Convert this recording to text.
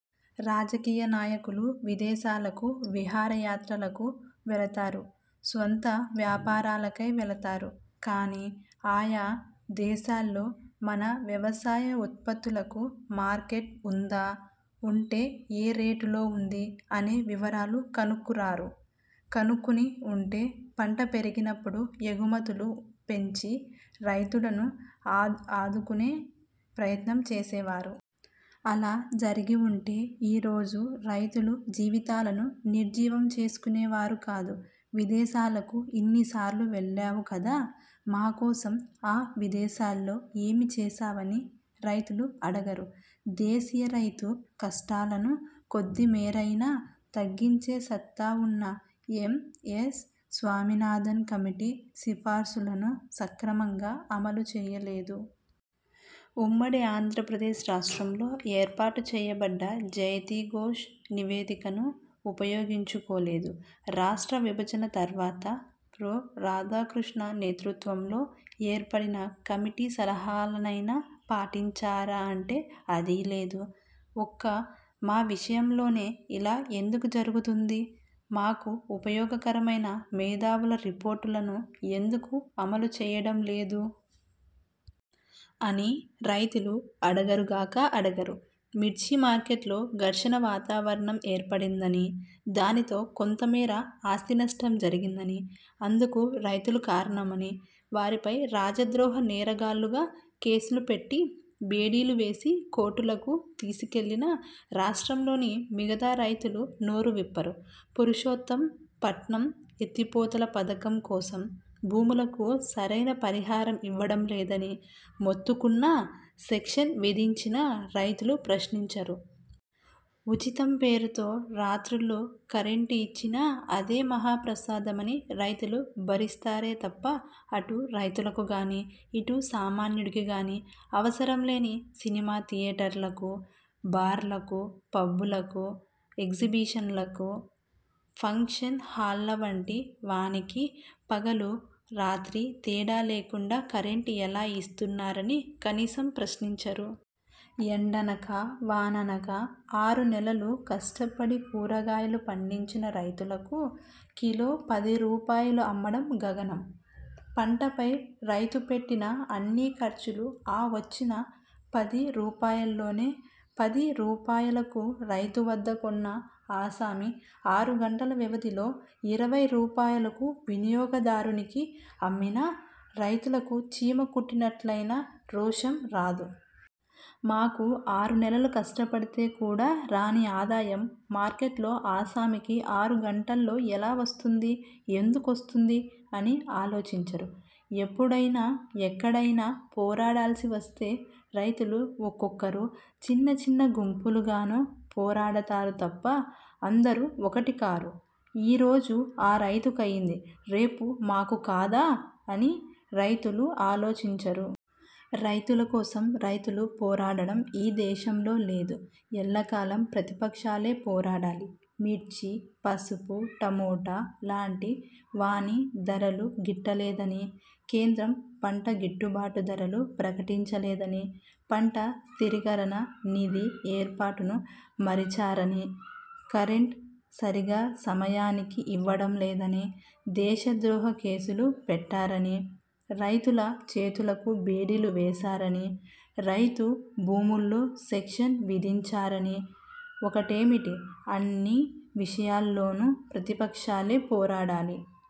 రాజకీయనాయకులు విదేశాలకు విహార యాత్రలకు వెళతారు, స్వంత వ్యాపారాలకై వెళతారు, కానీ ఆయా దేశాల్లో మన వ్యవసాయ ఉత్పత్తులకు మార్కెట్ ఉందా, ఉంటే ఏ రేటులో ఉంది అనే వివరాలు కనుక్కురారు, కనుక్కొని ఉంటే పంట పెరిగినపుడు ఎగుమతులు పెంచి రైతులను ఆదుకునే ప్రయత్నం చేసేవారు. అలా జరిగిఉంటే ఈ రోజు రైతులు జీవితాలను నిర్జీవం చేసుకునేవారు కాదు. విదేశాలకు ఇన్ని సార్లు వెళ్లావు కదా, మాకోసం ఆ విదేశాల్లో ఏమి చేశావని రైతులు అడగరు. దేశీయ రైతు కష్టాలను కొద్ది మేరయినా తగ్గించే సత్తా ఉన్న ఎం. ఎస్. స్వామినాథన్ కమిటీ సిఫార్సులను సక్రమంగా అమలుచేయలేదు. ఉమ్మడి ఆంధ్రప్రదేశ్ రాష్ట్రంలో ఏర్పాటు చేయబడ్డ జయతి ఘోష్ నివేదికను ఉపయోగించుకోలేదు. రాష్ట్ర విభజన తర్వాత, ప్రొ. రాధాకృష్ణ నేతృత్వంలో ఏర్పడిన కమిటీ సలహాలనైనా పాటించారా అంటే అదీలేదు. ఒక్క మా విషయంలోనే ఇలా ఎందుకు జరుగుతూందీ? మాకు ఉపయోగకరమైన మేధావుల రిపోర్టులను ఎందుకు అమలు చేయడం లేదూ? అని రైతులు అడగరుగాక అడగరు. మిర్చి మార్కెట్లో ఘర్షణ వాతావరణం ఏర్పడిందనీ, దానితో కొంతమేర ఆస్తినష్టం జరిగిందని, అందుకు రైతులు కారణమని, వారిపై రాజద్రోహ నేరగాళ్ళుగా కేసులు పెట్టి, బేడీలు వేసి కోర్టులకు తీసికెళ్ళినా రాష్ట్రంలోని మిగతా రైతులు నోరువిప్పరు. పురుషోత్తం పట్నం ఎత్తిపోతల పథకం కోసం భూములకు సరైన పరిహారం ఇవ్వడం లేదని మొత్తుకున్నా, సెక్షన్ విదించినా రైతులు ప్రశ్నించరు. ఉచితం పేరుతో రాత్రుళ్ళు కరెంట్ ఇచ్చినా అదే మహా ప్రసాదమని రైతులు భరిస్తారే తప్పా, అటు రైతులకుగానీ ఇటు సామాన్యుడికిగానీ అవసరం లేని సినిమా థియేటర్లకు, బార్లకు, పబ్బులకు, ఎగ్జిబిషన్లకు, పంక్షన్ హాళ్ళ వంటి వానికి పగలు రాత్రి తేడా లేకుండా కరెంట్ ఎలా ఇస్తున్నారని కనీసం ప్రశ్నించరు. ఎండనక, వాననక ఆరు నెలలు కష్టపడి కూరగాయాలు పండించిన రైతులకు కిలో పది రూపాయలు అమ్మడం గగనం. పంటపై రైతు పెట్టిన అన్ని ఖర్చులు ఆ వచ్చిన పది రూపాయల్లోనే. పది రూపాయలకు రైతు వద్ద కొన్న ఆసామి ఆరు గంటల వ్యవధిలో ఇరవై రూపాయలకు వినియోగదారునికి అమ్మినా రైతులకు చీమ కుట్టినట్లయినా రోషం రాదు. మాకు ఆరు నెలలు కష్టపడితే కూడా రాని ఆదాయం, మార్కెట్లో ఆసామికి ఆరు గంటల్లో ఎలా వస్తుందీ, ఎందుకొస్తుందీ అని ఆలోచించరు. ఎప్పుడయినా, ఎక్కడయినా పోరాడాల్సి వస్తే రైతులు ఒక్కొక్కరో, చిన్న చిన్న గుంపులు గానో పోరాడతారు తప్ప అందరూ ఒక్కటి కారు. ఈ రోజు ఆ రైతుకయింది, రేపు మాకు కాదా అని రైతులు ఆలోచించరు. రైతులకోసం రైతులు పోరాడడం ఈ దేశంలో లేదు. ఎల్లకాలం ప్రతిపక్షాలే పోరాడాలి. మిర్చి, పసుపు, టమోటా లాంటి వాని ధరలు గిట్టలేదని, కేంద్రం పంట గిట్టుబాటు ధరలు ప్రకటించలేదని, పంట స్థిరీకరణ నిధి ఏర్పాటును మరిచారనీ, కరెంట్ సరిగా సమయానికి ఇవ్వడం లేదని, దేశ ద్రోహ కేసులు పెట్టారని, రైతుల చేతులకు బేడీలు వేసారని, రైతు భూముల్లో సెక్షన్ విధించారని ఒకటేమిటి అన్ని విషయాల్లోనూ ప్రతిపక్షాలే పోరాడాలి.